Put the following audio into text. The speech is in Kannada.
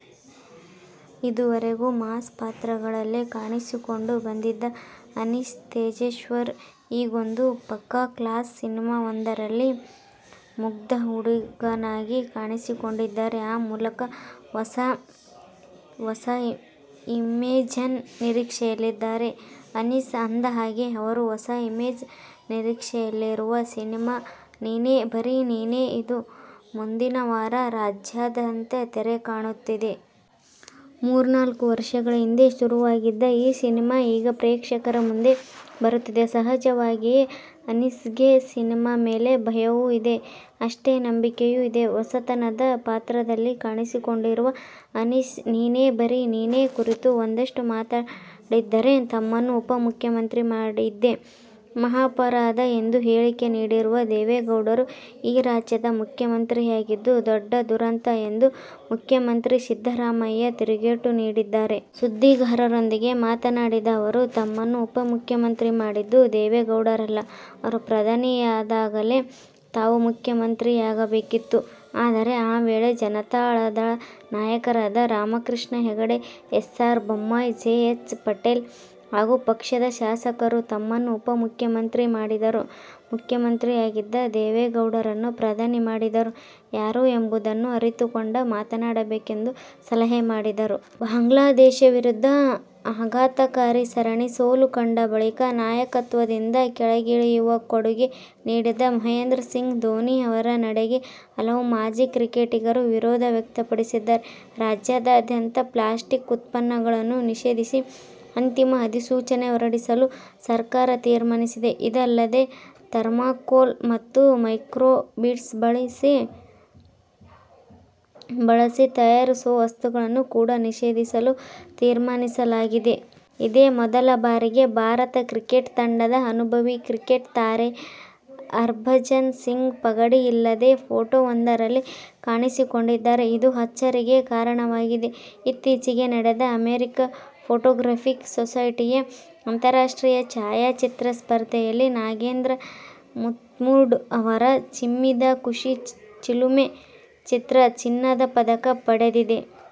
ಇದುವರೆಗೂ ಮಾಸ್ ಪಾತ್ರಗಳಲ್ಲೇ ಕಾಣಿಸಿಕೊಂಡು ಬಂದಿದ್ದ ಅನೀಶ್ ತೇಜಶ್ವರ್, ಹೀಗೊಂದು ಪಕ್ಕಾ ಕ್ಲಾಸ್ ಸಿನಿಮಾವೊಂದರಲ್ಲಿ ಮುಗ್ಧ ಹುಡುಗನಾಗಿ ಕಾಣಿಸಿಕೊಂಡಿದ್ದಾರೆ. ಆ ಮೂಲಕ ಹೊಸ ಇಮೇಜ್ನ ನಿರೀಕ್ಷೆಯಲ್ಲಿದ್ದಾರೆ ಅನೀಶ್. ಅಂದಹಾಗೆ, ಅವರು ಹೊಸ ಇಮೇಜ್ ನಿರೀಕ್ಷೆಯಲ್ಲಿರುವ ಸಿನಿಮಾ "ನೀನೇ ಬರಿ ನೀನೆ'. ಇದು ಮುಂದಿನವಾರ ರಾಜ್ಯಾದ್ಯಂತ ತೆರೆ ಕಾಣುತ್ತಿದೆ. ಮೂರ್ನಾಲ್ಕು ವರ್ಷಗಳ ಹಿಂದೆ ಶುರುವಾಗಿದ್ದ ಈ ಸಿನಿಮಾ, ಈಗ ಪ್ರೇಕ್ಷಕರ ಮುಂದೆ ಬರುತ್ತಿದೆ. ಸಹಜವಾಗಿಯೇ, ಅನೀಶ್ಗೆ ಸಿನಿಮಾ ಮೇಲೆ ಭಯವೂ ಇದೆ, ಅಷ್ಟೇ ನಂಬಿಕೆಯೂ ಇದೆ. ಹೊಸತನದ ಪಾತ್ರದಲ್ಲಿ ಕಾಣಿಸಿಕೊಂಡಿರುವ ಅನೀಶ್, "ನೀನೇ ಬರಿ ನೀನೆ' ಕುರಿತು ಒಂದಷ್ಟು ಮಾತಾಡಿದ್ದಾರೆ. ತಮ್ಮನ್ನು ಉಪಮುಖ್ಯಮಂತ್ರಿ ಮಾಡಿದ್ದೆ ಮಹಾಪರಾಧ ಎಂದು ಹೇಳಿಕೆ ನೀಡಿರುವ ದೇವೇಗೌಡರು ಈ ರಾಜ್ಯದ ಮುಖ್ಯಮಂತ್ರಿಯಾಗಿದ್ದು ದೊಡ್ಡ ದುರಂತ ಎಂದು ಮುಖ್ಯಮಂತ್ರಿ ಸಿದ್ದರಾಮಯ್ಯ ತಿರುಗೇಟು ನೀಡಿದ್ದಾರೆ. ಸುದ್ದಿಗಾರರೊಂದಿಗೆ ಮಾತನಾಡಿದ ಅವರು, ತಮ್ಮನ್ನು ಉಪಮುಖ್ಯಮಂತ್ರಿ ಮಾಡಿದ್ದು ದೇವೇಗೌಡರಲ್ಲ. ಅವರು ಪ್ರಧಾನಿಯಾದಾಗಲೇ ತಾವು ಮುಖ್ಯಮಂತ್ರಿಯಾಗಬೇಕಿತ್ತು. ಆದರೆ ಆ ವೇಳೆ ಜನತಾದಳದ ನಾಯಕರಾದ Ramakrishna Hegde, S. R. Bommai, J. H. Patel ಹಾಗೂ ಪಕ್ಷದ ಶಾಸಕರು ತಮ್ಮನ್ನು ಉಪಮುಖ್ಯಮಂತ್ರಿ ಮಾಡಿದರು. ಮುಖ್ಯಮಂತ್ರಿಯಾಗಿದ್ದ ದೇವೇಗೌಡರನ್ನು ಪ್ರಧಾನಿ ಮಾಡಿದವರು ಯಾರು ಎಂಬುದನ್ನು ಅರಿತುಕೊಂಡು ಮಾತನಾಡಬೇಕೆಂದು ಸಲಹೆ ಮಾಡಿದರು. ಬಾಂಗ್ಲಾದೇಶ ವಿರುದ್ಧ ಆಘಾತಕಾರಿ ಸರಣಿ ಸೋಲು ಕಂಡ ಬಳಿಕ ನಾಯಕತ್ವದಿಂದ ಕೆಳಗಿಳಿಯುವ ಕೊಡುಗೆ ನೀಡಿದ ಮಹೇಂದ್ರ ಸಿಂಗ್ ಧೋನಿ ಅವರ ನಡೆಗೆ ಹಲವು ಮಾಜಿ ಕ್ರಿಕೆಟಿಗರು ವಿರೋಧ ವ್ಯಕ್ತಪಡಿಸಿದ್ದಾರೆ. ರಾಜ್ಯಾದ್ಯಂತ ಪ್ಲಾಸ್ಟಿಕ್ ಉತ್ಪನ್ನಗಳನ್ನು ನಿಷೇಧಿಸಿ ಅಂತಿಮ ಅಧಿಸೂಚನೆ ಹೊರಡಿಸಲು ಸರ್ಕಾರ ತೀರ್ಮಾನಿಸಿದೆ. ಇದಲ್ಲದೆ, ಥರ್ಮಾಕೋಲ್ ಮತ್ತು ಮೈಕ್ರೋ ಬೀಡ್ಸ್ ಬಳಸಿ ತಯಾರಿಸುವ ವಸ್ತುಗಳನ್ನು ಕೂಡ ನಿಷೇಧಿಸಲು ತೀರ್ಮಾನಿಸಲಾಗಿದೆ. ಇದೇ ಮೊದಲ ಬಾರಿಗೆ ಭಾರತ ಕ್ರಿಕೆಟ್ ತಂಡದ ಅನುಭವಿ ಕ್ರಿಕೆಟ್ ತಾರೆ ಹರ್ಭಜನ್ ಸಿಂಗ್ ಪಗಡಿ ಇಲ್ಲದೆ ಫೋಟೋವೊಂದರಲ್ಲಿ ಕಾಣಿಸಿಕೊಂಡಿದ್ದಾರೆ. ಇದು ಅಚ್ಚರಿಗೆ ಕಾರಣವಾಗಿದೆ. ಇತ್ತೀಚೆಗೆ ನಡೆದ ಅಮೆರಿಕ ಫೋಟೋಗ್ರಫಿಕ್ ಸೊಸೈಟಿಯ ಅಂತಾರಾಷ್ಟ್ರೀಯ ಛಾಯಾಚಿತ್ರ ಸ್ಪರ್ಧೆಯಲ್ಲಿ ನಾಗೇಂದ್ರ ಮುತ್ಮುರ್ಡು ಅವರ "ಚಿಮ್ಮಿದ ಖುಷಿ ಚಿಲುಮೆ' ಚಿತ್ರ ಚಿನ್ನದ ಪದಕ ಪಡೆದಿದೆ.